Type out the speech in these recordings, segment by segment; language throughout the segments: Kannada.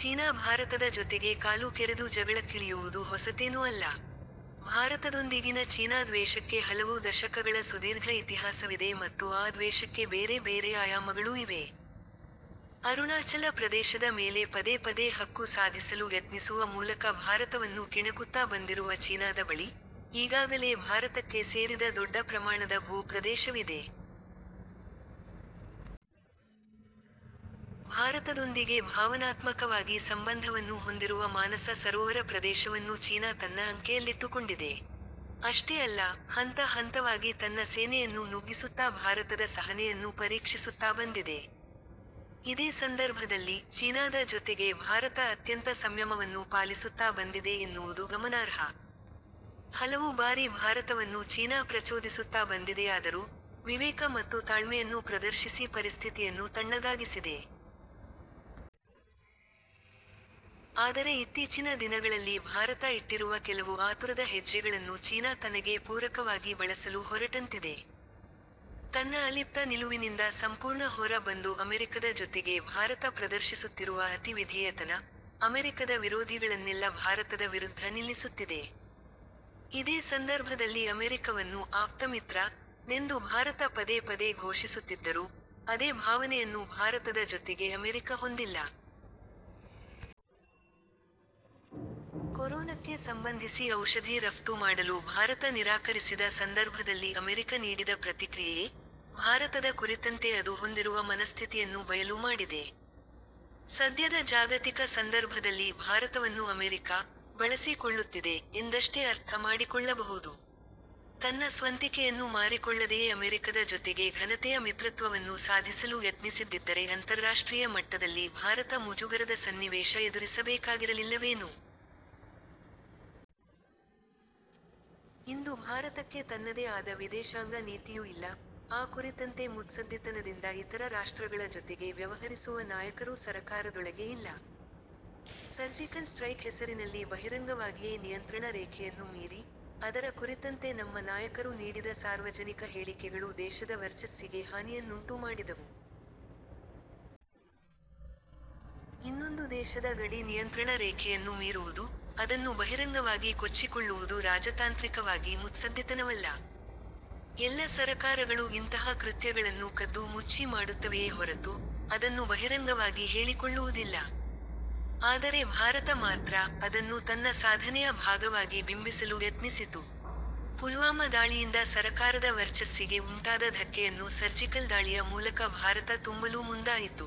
ಚೀನಾ ಭಾರತದ ಜೊತೆಗೆ ಕಾಲು ಕೆರೆದು ಜಗಳಕ್ಕಿಳಿಯುವುದು ಹೊಸತೇನೂ ಅಲ್ಲ. ಭಾರತದೊಂದಿಗಿನ ಚೀನಾ ದ್ವೇಷಕ್ಕೆ ಹಲವು ದಶಕಗಳ ಸುದೀರ್ಘ ಇತಿಹಾಸವಿದೆ ಮತ್ತು ಆ ದ್ವೇಷಕ್ಕೆ ಬೇರೆ ಬೇರೆ ಆಯಾಮಗಳೂ ಇವೆ. ಅರುಣಾಚಲ ಪ್ರದೇಶದ ಮೇಲೆ ಪದೇ ಪದೇ ಹಕ್ಕು ಸಾಧಿಸಲು ಯತ್ನಿಸುವ ಮೂಲಕ ಭಾರತವನ್ನು ಕೆಣಕುತ್ತಾ ಬಂದಿರುವ ಚೀನಾದ ಬಳಿ, ಈಗಾಗಲೇ ಭಾರತಕ್ಕೆ ಸೇರಿದ ದೊಡ್ಡ ಪ್ರಮಾಣದ ಭೂ ಪ್ರದೇಶವಿದೆ. ಭಾರತದೊಂದಿಗೆ ಭಾವನಾತ್ಮಕವಾಗಿ ಸಂಬಂಧವನ್ನು ಹೊಂದಿರುವ ಮಾನಸ ಸರೋವರ ಪ್ರದೇಶವನ್ನೂ ಚೀನಾ ತನ್ನ ಅಂಕೆಯಲ್ಲಿಟ್ಟುಕೊಂಡಿದೆ. ಅಷ್ಟೇ ಅಲ್ಲ, ಹಂತ ಹಂತವಾಗಿ ತನ್ನ ಸೇನೆಯನ್ನು ನುಗ್ಗಿಸುತ್ತಾ ಭಾರತದ ಸಹನೆಯನ್ನು ಪರೀಕ್ಷಿಸುತ್ತಾ ಬಂದಿದೆ. ಇದೇ ಸಂದರ್ಭದಲ್ಲಿ, ಚೀನಾದ ಜೊತೆಗೆ ಭಾರತ ಅತ್ಯಂತ ಸಂಯಮವನ್ನು ಪಾಲಿಸುತ್ತಾ ಬಂದಿದೆ ಎನ್ನುವುದು ಗಮನಾರ್ಹ. ಹಲವು ಬಾರಿ ಭಾರತವನ್ನು ಚೀನಾ ಪ್ರಚೋದಿಸುತ್ತಾ ಬಂದಿದೆಯಾದರೂ, ವಿವೇಕ ಮತ್ತು ತಾಳ್ಮೆಯನ್ನು ಪ್ರದರ್ಶಿಸಿ ಪರಿಸ್ಥಿತಿಯನ್ನು ತಣ್ಣಗಾಗಿಸಿದೆ. ಆದರೆ ಇತ್ತೀಚಿನ ದಿನಗಳಲ್ಲಿ ಭಾರತ ಇಟ್ಟಿರುವ ಕೆಲವು ಆತುರದ ಹೆಜ್ಜೆಗಳನ್ನು ಚೀನಾ ತನಗೆ ಪೂರಕವಾಗಿ ಬಳಸಲು ಹೊರಟಂತಿದೆ. ತನ್ನ ಅಲಿಪ್ತ ನಿಲುವಿನಿಂದ ಸಂಪೂರ್ಣ ಹೊರ ಬಂದು ಅಮೆರಿಕದ ಜೊತೆಗೆ ಭಾರತ ಪ್ರದರ್ಶಿಸುತ್ತಿರುವ ಅತಿ ವಿಧೇಯತನ, ಅಮೆರಿಕದ ವಿರೋಧಿಗಳನ್ನೆಲ್ಲ ಭಾರತದ ವಿರುದ್ಧ ನಿಲ್ಲಿಸುತ್ತಿದೆ. ಇದೇ ಸಂದರ್ಭದಲ್ಲಿ ಅಮೆರಿಕವನ್ನು 'ಆಪ್ತಮಿತ್ರ'ನೆಂದು ಭಾರತ ಪದೇ ಪದೇ ಘೋಷಿಸುತ್ತಿದ್ದರೂ, ಅದೇ ಭಾವನೆಯನ್ನು ಭಾರತದ ಜೊತೆಗೆ ಅಮೆರಿಕ ಹೊಂದಿಲ್ಲ. ಕೊರೋನಕ್ಕೆ ಸಂಬಂಧಿಸಿ ಔಷಧಿ ರಫ್ತು ಮಾಡಲು ಭಾರತ ನಿರಾಕರಿಸಿದ ಸಂದರ್ಭದಲ್ಲಿ ಅಮೆರಿಕ ನೀಡಿದ ಪ್ರತಿಕ್ರಿಯೆಯೇ, ಭಾರತದ ಕುರಿತಂತೆ ಅದು ಹೊಂದಿರುವ ಮನಸ್ಥಿತಿಯನ್ನು ಬಯಲು ಮಾಡಿದೆ. ಸದ್ಯದ ಜಾಗತಿಕ ಸಂದರ್ಭದಲ್ಲಿ ಭಾರತವನ್ನು ಅಮೆರಿಕ 'ಬಳಸಿ ಕೊಳ್ಳುತ್ತಿದೆ' ಎಂದಷ್ಟೇ ಅರ್ಥ ಮಾಡಿಕೊಳ್ಳಬಹುದು. ತನ್ನ ಸ್ವಂತಿಕೆಯನ್ನು ಮಾರಿಕೊಳ್ಳದೆಯೇ ಅಮೆರಿಕದ ಜೊತೆಗೆ ಘನತೆಯ ಮಿತ್ರತ್ವವನ್ನು ಸಾಧಿಸಲು ಯತ್ನಿಸಿದ್ದಿದ್ದರೆ ಅಂತರ್ರಾಷ್ಟ್ರೀಯ ಮಟ್ಟದಲ್ಲಿ ಭಾರತ ಮುಜುಗರದ ಸನ್ನಿವೇಶ ಎದುರಿಸಬೇಕಾಗಿರಲಿಲ್ಲವೇನೋ. ಇಂದು ಭಾರತಕ್ಕೆ ತನ್ನದೇ ಆದ ವಿದೇಶಾಂಗ ನೀತಿಯೂ ಇಲ್ಲ, ಆ ಕುರಿತಂತೆ ಮುತ್ಸದ್ದಿತನದಿಂದ ಇತರ ರಾಷ್ಟ್ರಗಳ ಜೊತೆಗೆ ವ್ಯವಹರಿಸುವ ನಾಯಕರೂ ಸರಕಾರದೊಳಗೆ ಇಲ್ಲ. ಸರ್ಜಿಕಲ್ ಸ್ಟ್ರೈಕ್ ಹೆಸರಿನಲ್ಲಿ ಬಹಿರಂಗವಾಗಿಯೇ ನಿಯಂತ್ರಣ ರೇಖೆಯನ್ನು ಮೀರಿ, ಅದರ ಕುರಿತಂತೆ ನಮ್ಮ ನಾಯಕರು ನೀಡಿದ ಸಾರ್ವಜನಿಕ ಹೇಳಿಕೆಗಳೂ ದೇಶದ ವರ್ಚಸ್ಸಿಗೆ ಹಾನಿಯನ್ನುಂಟು ಮಾಡಿದವು. ಇನ್ನೊಂದು ದೇಶದ ಗಡಿ ನಿಯಂತ್ರಣ ರೇಖೆಯನ್ನು ಮೀರುವುದು, ಅದನ್ನು ಬಹಿರಂಗವಾಗಿ ಕೊಚ್ಚಿಕೊಳ್ಳುವುದು ರಾಜತಾಂತ್ರಿಕವಾಗಿ ಮುತ್ಸದ್ದಿತನವಲ್ಲ. ಎಲ್ಲ ಸರಕಾರಗಳು ಇಂತಹ ಕೃತ್ಯಗಳನ್ನು ಕದ್ದು ಮುಚ್ಚಿ ಮಾಡುತ್ತವೆಯೇ ಹೊರತು, ಅದನ್ನು ಬಹಿರಂಗವಾಗಿ ಹೇಳಿಕೊಳ್ಳುವುದಿಲ್ಲ. ಆದರೆ ಭಾರತ ಮಾತ್ರ, ಅದನ್ನು ತನ್ನ ಸಾಧನೆಯ ಭಾಗವಾಗಿ ಬಿಂಬಿಸಲು ಯತ್ನಿಸಿತು. ಪುಲ್ವಾಮ ದಾಳಿಯಿಂದ ಸರಕಾರದ ವರ್ಚಸ್ಸಿಗೆ ಉಂಟಾದ ಧಕ್ಕೆಯನ್ನು ಸರ್ಜಿಕಲ್ ದಾಳಿಯ ಮೂಲಕ ಭಾರತ ತುಂಬಲು ಮುಂದಾಯಿತು.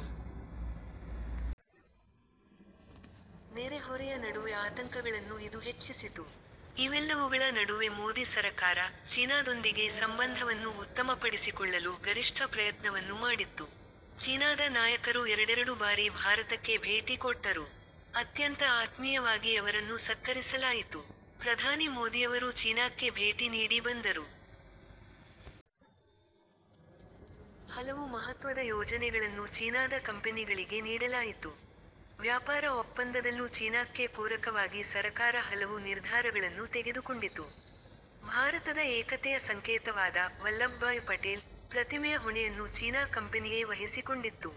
ನೆರೆ ಹೊರೆಯ ನಡುವೆ ಆತಂಕಗಳನ್ನು ಇದು ಹೆಚ್ಚಿಸಿತು. ಇವೆಲ್ಲವುಗಳ ನಡುವೆ ಮೋದಿ ಸರಕಾರ, ಚೀನಾದೊಂದಿಗೆ ಸಂಬಂಧವನ್ನು ಉತ್ತಮಪಡಿಸಿಕೊಳ್ಳಲು ಗರಿಷ್ಠ ಪ್ರಯತ್ನವನ್ನು ಮಾಡಿತ್ತು. ಚೀನಾದ ನಾಯಕರು ಎರಡೆರಡು ಬಾರಿ ಭಾರತಕ್ಕೆ ಭೇಟಿ ಕೊಟ್ಟರು. ಅತ್ಯಂತ ಆತ್ಮೀಯವಾಗಿ ಅವರನ್ನು ಸತ್ಕರಿಸಲಾಯಿತು. ಪ್ರಧಾನಿ ಮೋದಿಯವರೂ ಚೀನಾಕ್ಕೆ ಭೇಟಿ ನೀಡಿ ಬಂದರು. ಹಲವು ಮಹತ್ವದ ಯೋಜನೆಗಳನ್ನು ಚೀನಾದ ಕಂಪೆನಿಗಳಿಗೆ ನೀಡಲಾಯಿತು. ವ್ಯಾಪಾರ ಒಪ್ಪಂದದಲ್ಲೂ ಚೀನಾಕ್ಕೆ ಪೂರಕವಾಗಿ ಸರಕಾರ ಹಲವು ನಿರ್ಧಾರಗಳನ್ನು ತೆಗೆದುಕೊಂಡಿತು. ಭಾರತದ ಏಕತೆಯ ಸಂಕೇತವಾದ 'ವಲ್ಲಭಬಾಯ್ ಪಟೇಲ್' ಪ್ರತಿಮೆಯ ಹೊಣೆಯನ್ನು ಚೀನಾ ಕಂಪೆನಿಯೇ ವಹಿಸಿಕೊಂಡಿತ್ತು.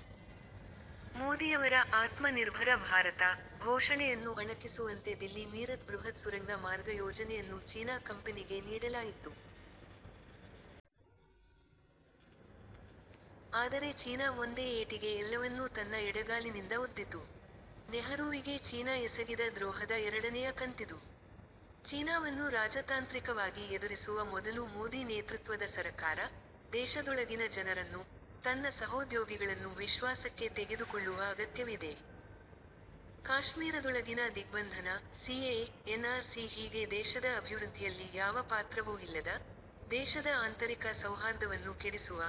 ಮೋದಿಯವರ 'ಆತ್ಮ ನಿರ್ಭರ ಭಾರತ' ಘೋಷಣೆಯನ್ನು ಅಣಕಿಸುವಂತೆ ದಿಲ್ಲಿ-ಮೀರತ್ ಬೃಹತ್ ಸುರಂಗ ಮಾರ್ಗ ಯೋಜನೆಯನ್ನು ಚೀನಾ ಕಂಪೆನಿಗೆ ನೀಡಲಾಯಿತು. ಆದರೆ ಚೀನಾ ಒಂದೇ ಏಟಿಗೆ ಎಲ್ಲವನ್ನೂ ತನ್ನ ಎಡಗಾಲಿನಿಂದ ಒದ್ದಿತು. ನೆಹರೂವಿಗೆ ಚೀನಾ ಎಸಗಿದ ದ್ರೋಹದ ಎರಡನೆಯ ಕಂತಿದು. ಚೀನಾವನ್ನು ರಾಜತಾಂತ್ರಿಕವಾಗಿ ಎದುರಿಸುವ ಮೊದಲು ಮೋದಿ ನೇತೃತ್ವದ ಸರಕಾರ, ದೇಶದೊಳಗಿನ ಜನರನ್ನು, ತನ್ನ ಸಹೋದ್ಯೋಗಿಗಳನ್ನು ವಿಶ್ವಾಸಕ್ಕೆ ತೆಗೆದುಕೊಳ್ಳುವ ಅಗತ್ಯವಿದೆ. ಕಾಶ್ಮೀರದೊಳಗಿನ ದಿಗ್ಬಂಧನ, C A A, N R C ಹೀಗೆ ದೇಶದ ಅಭಿವೃದ್ಧಿಯಲ್ಲಿ ಯಾವ ಪಾತ್ರವೂ ಇಲ್ಲದ, ದೇಶದ ಆಂತರಿಕ ಸೌಹಾರ್ದವನ್ನು ಕೆಡಿಸುವ,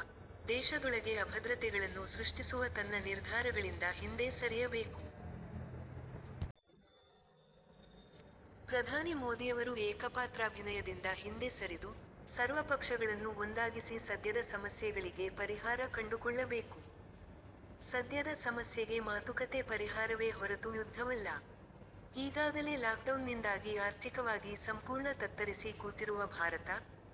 ದೇಶದೊಳಗೆ ಅಭದ್ರತೆಗಳನ್ನು ಸೃಷ್ಟಿಸುವ ತನ್ನ ನಿರ್ಧಾರಗಳಿಂದ ಹಿಂದೆ ಸರಿಯಬೇಕು. ಪ್ರಧಾನಿ ಮೋದಿಯವರು ಏಕಪಾತ್ರಾಭಿನಯದಿಂದ ಹಿಂದೆ ಸರಿದು, ಸರ್ವಪಕ್ಷಗಳನ್ನು ಒಂದಾಗಿಸಿ ಸದ್ಯದ ಸಮಸ್ಯೆಗಳಿಗೆ ಪರಿಹಾರ ಕಂಡುಕೊಳ್ಳಬೇಕು. ಸದ್ಯದ ಸಮಸ್ಯೆಗೆ ಮಾತುಕತೆ ಪರಿಹಾರವೇ ಹೊರತು ಯುದ್ಧವಲ್ಲ. ಈಗಾಗಲೇ ಲಾಕ್ಡೌನ್ನಿಂದಾಗಿ ಆರ್ಥಿಕವಾಗಿ ಸಂಪೂರ್ಣ ತತ್ತರಿಸಿ ಕೂತಿರುವ ಭಾರತ,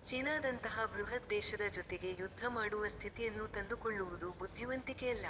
ಚೀನಾದಂತಹ ಬೃಹತ್ ದೇಶದ ಜೊತೆಗೆ ಯುದ್ಧ ಮಾಡುವ ಸ್ಥಿತಿಯನ್ನು ತಂದುಕೊಳ್ಳುವುದು ಬುದ್ಧಿವಂತಿಕೆಯಲ್ಲ.